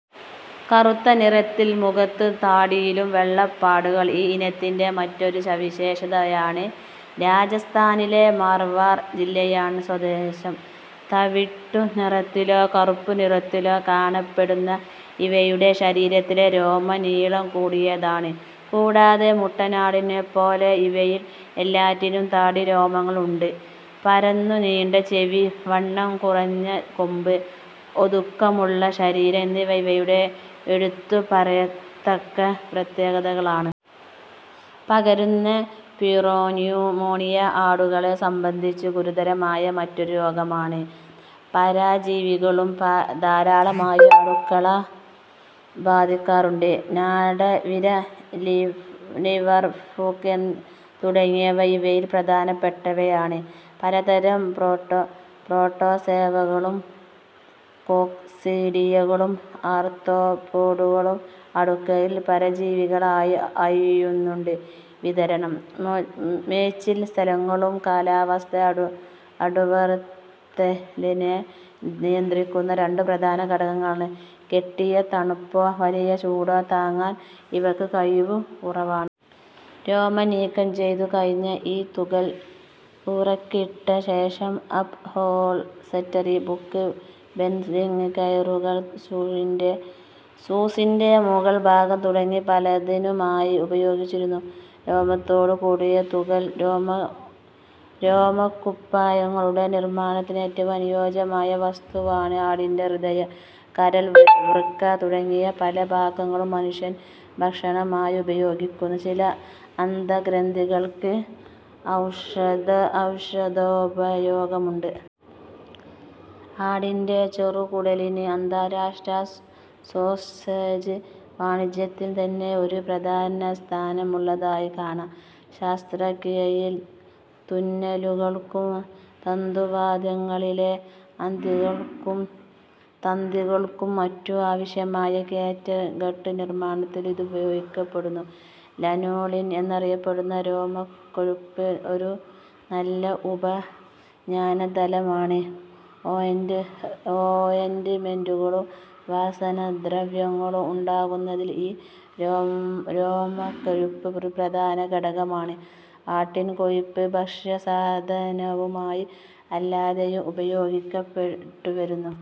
കറുത്ത നിറത്തിൽ മുഖത്തും താടിയിലും വെള്ളപ്പൊട്ടുകൾ ഈ ഇനത്തിന്റെ മറ്റൊരു സവിശേഷതയാണ്. രാജസ്ഥാനിലെ "മാർവാർ" ജില്ലയാണ് സ്വദേശം. തവിട്ടു നിറത്തിലോ കറുപ്പ് നിറത്തിലോ കാണപ്പെടുന്ന ഇവയുടെ ശരീരത്തിലെ രോമം നീളം കൂടിയതാണ്. കൂടാതെ മുട്ടനാടിനെപ്പോലെ ഇവയിൽ എല്ലാറ്റിനും താടിരോമങ്ങൾ ഉണ്ട്. പരന്നു നീണ്ട ചെവി, വണ്ണം കുറഞ്ഞ കൊമ്പ്, ഒതുക്കമുള്ള ശരീരം എന്നിവ ഇവയുടെ എടുത്തുപറയത്തക്ക പ്രത്യേകതകളാണ്. പകരുന്ന പ്യൂറോന്യുമോണിയ ആടുകളെ സംബന്ധിച്ച് ഗുരുതരമായ മറ്റൊരു രോഗമാണ്. പരജീവികളും ധാരാളമായി ആടുകളെ ബാധിക്കാറുണ്ട്. നാടവിര, ലിവർഫ്ലൂക്ക് തുടങ്ങിയവ ഇവയിൽ പ്രധാനപ്പെട്ടവയാണ്. പലതരം പ്രോട്ടോസോവകളും കോക്സീഡിയകളും ആർത്രോപ്പോഡുകളും ആടുകളിൽ പരജീവികളായി കഴിയുന്നുണ്ട്. വിതരണം. മേച്ചിൽസ്ഥലങ്ങളും കാലാവസ്ഥയും ആടുവളർത്തലിനെ നിയന്ത്രിക്കുന്ന രണ്ടു പ്രധാന ഘടകങ്ങളാണ്. കൊടിയ തണുപ്പോ വലിയ ചൂടോ താങ്ങാൻ ഇവയ്ക്കു കഴിവു കുറവാണ്. രോമം നീക്കംചെയ്തു കഴിഞ്ഞ ഈ തുകൽ ഊറയ്ക്കിട്ടശേഷം അപ്ഹോൾസ്റ്ററി, ബുക്ക് ബൈൻഡിംഗ്, കൈയുറകൾ, ഷൂസിന്റെ മുകൾഭാഗം തുടങ്ങി പലതിനുമായി ഉപയോഗിച്ചുവരുന്നു. രോമത്തോടുകൂടിയ തുകൽ രോമക്കുപ്പായങ്ങളുടെ നിർമ്മാണത്തിന് ഏറ്റവും അനുയോജ്യമായ വസ്തുവാണ്. ആടിന്റെ ഹൃദയം, കരൾ, വൃക്ക തുടങ്ങി പല ഭാഗങ്ങളും മനുഷ്യൻ ഭക്ഷണമായി ഉപയോഗിക്കുന്നു. ചില അന്തഃഗ്രന്ഥികൾക്ക് ഔഷധോപയോഗവുമുണ്ട്. ആടിന്റെ ചെറുകുടലിന് അന്താരാഷ്ട്ര 'സോസേജ്' വാണിജ്യത്തിൽത്തന്നെ ഒരു പ്രധാനസ്ഥാനമുളളതായി കാണാം. ശസ്ത്രക്രിയയിൽ തുന്നലുകൾക്കും, തന്തുവാദ്യങ്ങളിലെ തന്തികൾക്കും മറ്റും ആവശ്യമായ 'ക്യാറ്റ്ഗട്ട്' നിർമ്മാണത്തിനും ഇതുപയോഗിക്കപ്പെടുന്നു. 'ലനോളിൻ' എന്നറിയപ്പെടുന്ന രോമക്കൊഴുപ്പ് ഒരു നല്ല ഉപാഞ്ജനതൈല മാണ്. ഓയിന്റ്മെന്റുകളും വാസനദ്രവ്യങ്ങളും ഉണ്ടാക്കുന്നതിൽ ഈ രോമക്കൊഴുപ്പ് ഒരു പ്രധാന ഘടകമാണ്. ആട്ടിൻകൊഴുപ്പ് ഭക്ഷ്യസാധനമായും അല്ലാതെയും ഉപയോഗിക്കപ്പെട്ടുവരുന്നു.